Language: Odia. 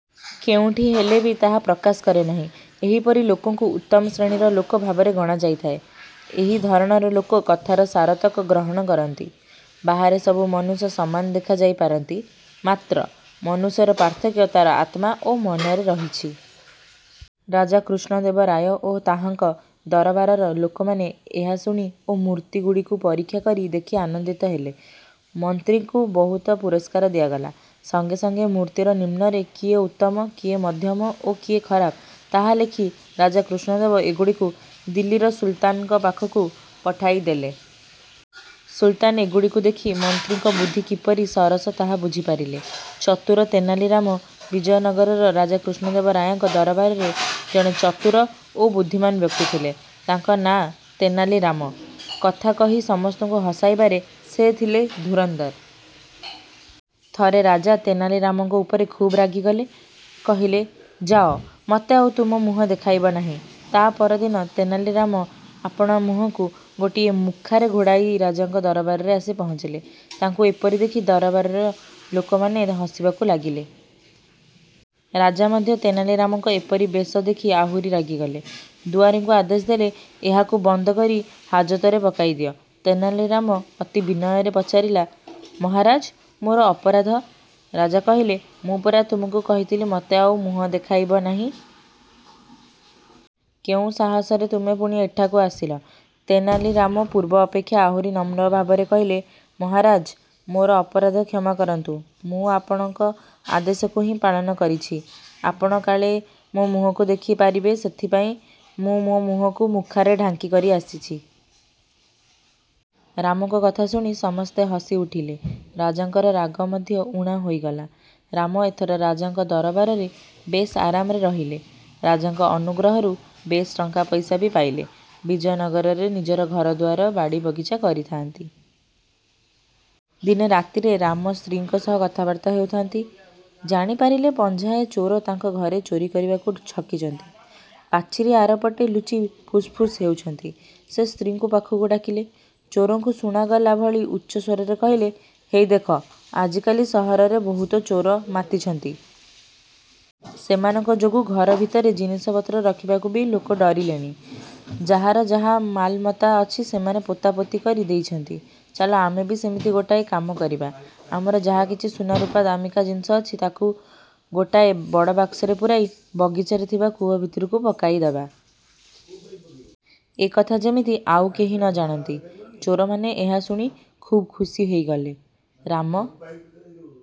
କେଉଁଠି ହେଲେ ବି ତାହା ପ୍ରକାଶ କରେ ନାହିଁ। ଏହିପରି ଲୋକଙ୍କୁ ଉତ୍ତମ ଶ୍ରେଣୀର ଲୋକ ଭାବରେ ଗଣାଯାଇଥାଏ। ଏହି ଧରଣର ଲୋକ କଥାର ସାରତକ ଗ୍ରହଣ କରନ୍ତି। ବାହାରେ ସବୁ ମନୁଷ୍ୟ ସମାନ ଦେଖାଯାଇ ପାରନ୍ତି। ମାତ୍ର ମନୁଷ୍ୟର ପାର୍ଥକ୍ୟ ତା'ର ଆତ୍ମା ଓ ମନରେ ରହିଛି। '' ରାଜା କୃଷ୍ଣଦେବ ରାୟ ଓ ତାହାଙ୍କ ଦରବାରର ଲୋକମାନେ ଏହା ଶୁଣି ଓ ମୂର୍ତ୍ତିଗୁଡ଼ିକୁ ପରୀକ୍ଷା କରି ଦେଖି ଆନନ୍ଦିତ ହେଲେ। ମନ୍ତ୍ରୀଙ୍କୁ ବହୁତ ପୁରସ୍କାର ଦିଆଗଲା। ସଙ୍ଗେ ସଙ୍ଗେ ମୂର୍ତ୍ତିର ନିମ୍ନରେ କିଏ ଉତ୍ତମ, କିଏ ମଧ୍ୟମ ଓ କିଏ ଖରାପ ତାହା ଲେଖି ରାଜା କୃଷ୍ଣଦେବ ଏଗୁଡ଼ିକୁ ଦିଲ୍ଲୀର ସୁଲତାନଙ୍କ ପାଖକୁ ପଠାଇଦେଲେ। ସୁଲତାନ ଏଗୁଡ଼ିକୁ ଦେଖି ମନ୍ତ୍ରୀଙ୍କ ବୁଦ୍ଧି କିପରି ସରସ ତାହା ବୁଝିପାରିଲେ। ଚତୁର ତେନାଲି ରାମ ବିଜୟ ନଗରର ରାଜା କୃଷ୍ଣଦେବ ରାୟଙ୍କ ଦରବାରରେ ଜଣେ ଚତୁର ଓ ବୁଦ୍ଧିମାନ ବ୍ୟକ୍ତିଥିଲେ। ତାଙ୍କ ନାଁ ତେନାଲି ରାମ। କଥା କହି ସମସ୍ତଙ୍କୁ ହସାଇବାରେ ସେ ଥିଲେ ଧୁରନ୍ଧର। ଥରେ ରାଜା ତେନାଲି ରାମଙ୍କ ଉପରେ ଖୁବ୍ ରାଗିଗଲେ। କହିଲେ-''ଯାଅ, ମୋତେ ଆଉ ତୁମେ ମୁହଁ ଦେଖାଇବ ନାହିଁ। '' ତା'ପରଦିନ ତେନାଲି ରାମ ଆପଣା ମୁହଁକୁ ଗୋଟିଏ ମୁଖାରେ ଘୋଡ଼ାଇ ରାଜାଙ୍କ ଦରବାରରେ ଆସି ପହଞ୍ଚିଲେ। ତାଙ୍କୁ ଏପରି ଦେଖି ଦରବାରର ଲୋକମାନେ ହସିବାକୁ ଲାଗିଲେ। ରାଜା ମଧ୍ୟ ତେନାଲି ରାମଙ୍କ ଏପରି ବେଶ ଦେଖି ଆହୁରି ରାଗିଗଲେ। ଦୁଆରୀଙ୍କୁ ଆଦେଶ ଦେଲେ-''ଏହାକୁ ବନ୍ଦକରି ହାଜତରେ ପକାଇ ଦିଅ। '' ତେନାଲି ରାମ ଅତି ବିନୟରେ ପଚାରିଲା-''ମହାରାଜ୍ ମୋର ଅପରାଧ? '' ରାଜା କହିଲେ- ''ମୁଁ ପରା ତୁମକୁ କହିଥିଲି ମୋତେ ଆଉ ମୁହଁ ଦେଖାଇବ ନାହିଁ। କେଉଁ ସାହସରେ ତୁମେ ପୁଣି ଏଠାକୁ ଆସିଲ? '' ତେନାଲି ରାମ ପୂର୍ବ ଅପେକ୍ଷା ଆହୁରି ନମ୍ର ଭାବରେ କହିଲେ- ''ମହାରାଜ୍, ମୋର ଅପରାଧ କ୍ଷମା କରନ୍ତୁ। ମୁଁ ଆପଣଙ୍କ ଆଦେଶକୁ ହିଁ ପାଳନ କରିଛି। ଆପଣ କାଳେ। ମୋ ମୁହଁକୁ ଦେଖି ପାରିବେ ସେଥିପାଇଁ ମୁଁ ମୋ ମୁହଁକୁ ମୁଖାରେ ଢାଙ୍କି କରି ଆସିଛି। '' ରାମଙ୍କ କଥା ଶୁଣି ସମସ୍ତେ ହସି ଉଠିଲେ। ରାଜାଙ୍କର ରାଗ ମଧ୍ୟ ଊଣା ହୋଇଗଲା। ରାମ ଏଥର ରାଜାଙ୍କ ଦରବାରରେ ବେଶ୍ ଆରାମରେ ରହିଲେ। ରାଜାଙ୍କ ଅନୁଗ୍ରହରୁ ବେଶ୍ ଟଙ୍କା ପଇସା ବି ପାଇଲେ ବିଜୟ ନଗରରେ ନିଜର ଘର ଦୁଆର ବାଡ଼ି ବଗିଚା କରିଥାଆନ୍ତି। ଦିନେ ରାତିରେ ରାମ ସ୍ତ୍ରୀଙ୍କ ସହ କଥାବାର୍ତ୍ତା ହେଉଥାନ୍ତି। ଜାଣି ପାରିଲେ ପଞ୍ଝାଏ ଚୋର ତାଙ୍କ ଘରେ ଚୋରି କରିବାକୁ ଛକିଛନ୍ତି। ପାଚିରି ଆରପଟେ ଲୁଚି ଫୁସ୍ ଫୁସ୍ ହେଉଛନ୍ତି। ସେ ସ୍ତ୍ରୀଙ୍କୁ ପାଖକୁ ଡାକିଲେ। ଚୋରଙ୍କୁ ଶୁଣାଗଲା ଭଳି ଉଚ୍ଚ ସ୍ୱରରେ କହିଲେ- ''ହେଇ ଦେଖ ଆଜି କାଲି ସହରରେ ବହୁତ ଚୋର ମାତିଛନ୍ତି। ସେମାନଙ୍କ ଯୋଗୁ ଘର ଭିତରେ ଜିନିଷପତ୍ର ରଖିବାକୁ ବି ଲୋକେ ଡରିଲେଣି। ଯାହାର ଯାହା ମାଲମତା ଅଛି ସେମାନେ ପୋତାପୋତି କରି ଦେଇଛନ୍ତି। ଚାଲ ଆମେ ବି ସେମିତି ଗୋଟାଏ କାମ କରିବା। ଆମର ଯାହା କିଛି ସୁନା ରୁପା ଦାମିକା ଜିନିଷ ଅଛି ତାକୁ ଗୋଟାଏ ବଡ଼ବାକ୍ସରେ ପୂରାଇ ବଗିଚାରେ ଥିବା କୂଅ ଭିତରକୁ ପକାଇ ଦେବା। ଏକଥା ଯେମିତି ଆଉ କେହି ନ ଜାଣନ୍ତି। '' ଚୋରମାନେ ଏହା ଶୁଣି ଖୁବ୍ ଖୁସି ହୋଇଗଲେ। ରାମ